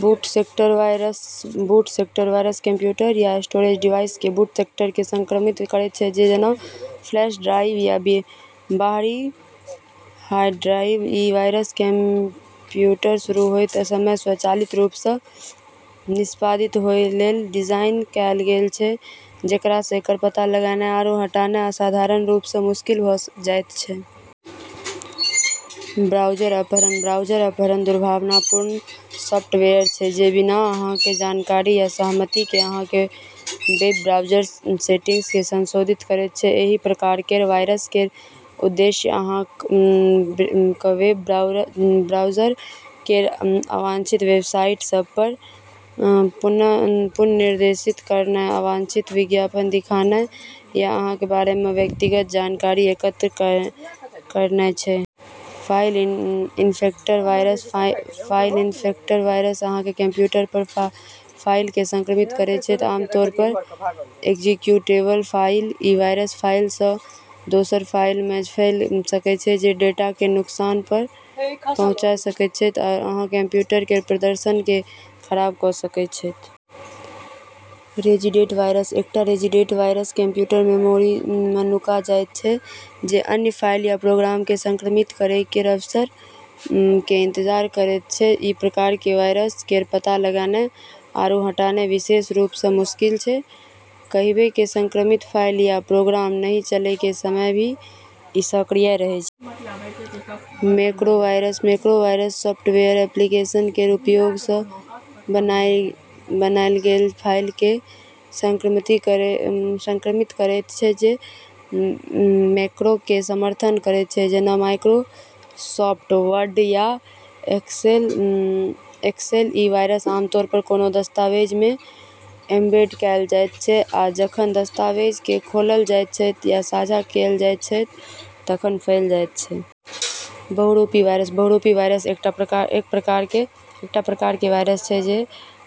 बूट sector virus: boot sector virus computer या storage device के boot sector केँ संक्रमित करैत छै, जेना फ्लैश ड्राइव या बाहरी हार्ड ड्राइव। ई वायरस कंप्यूटर शुरू होएत समय स्वचालित रूप सँ निष्पादित होए लेल डिजाइन कएल गेल छै, जेकरा सँ एकर पता लगाना आरू हटाना असाधारण रूप सँ मुश्किल भ' जाइत छै। ब्राउज़र अपहरण: ब्राउज़र अपहरण दुर्भावनापूर्ण सॉफ्टवेयर छै जे बिना अहाँक जानकारी या सहमति केँ अहाँक वेब ब्राउज़र सेटिंग्स केँ संशोधित करैत छै। एहि प्रकार केर वायरस केर उद्देश्य अहाँक वेब ब्राउज़र केँ अवांछित वेबसाइट सभ पर पुनर्निर्देशित करनाय, अवांछित विज्ञापन दिखानाय, या अहाँक बारे मे व्यक्तिगत जानकारी एकत्र कयनाय छै। File infector virus: file infector virus अहाँक कंप्यूटर पर फाइल केँ संक्रमित करैत छै, आमतौर पर एक्जीक्यूटेबल फाइल। ई वायरस फाइल सँ दोसर फाइल मे फैल सकैत छै, जे डेटा केँ नुकसान पहुँचा सकैत छै आ अहाँक कंप्यूटर केर प्रदर्शन केँ खराब कऽ सकैत छै। रेजिडेंट वायरस: एकटा रेजिडेंट वायरस कंप्यूटर मेमोरी मे नुका जाइत छै, जे अन्य फाइल या प्रोग्राम केँ संक्रमित करै केर अवसर केर इंतजार करैत छै। ई प्रकार केर वायरस केर पता लगाना आरू हटाना विशेष रूप सँ मुश्किल छै, कहिबे कि संक्रमित फाइल या प्रोग्राम नहि चलै के समय भी ई सक्रिय रहै छै। Macro virus: macro virus software application केर उपयोग सँ बनाएल गेल फाइल केँ संक्रमित करैत छै जे मैक्रो केँ समर्थन करैत छै, जेना माइक्रोसॉफ्ट वर्ड या एक्सेल। ई वायरस आमतौर पर कोनो दस्तावेज मे एम्बेड कएल जाइत छै आ जखन दस्तावेज केँ खोलल जाइत छै या साझा कएल जाइत छै तखन फैल जाइत छै। बहुरूपी वायरस: बहुरूपी वायरस एकटा प्रकार केर वायरस छै जे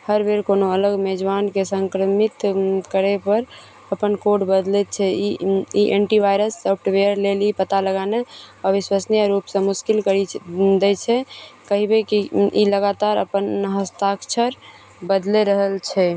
हर बेर कोनो अलग मेजबान केँ संक्रमित करय पर अपन कोड बदलैत छै। ई एंटीवायरस सॉफ्टवेयर लेल ई पता लगाना अविश्वसनीय रूप सँ मुश्किल करि दै छै, कहिबे कि ई लगातार अपन हस्ताक्षर बदलि रहल छै।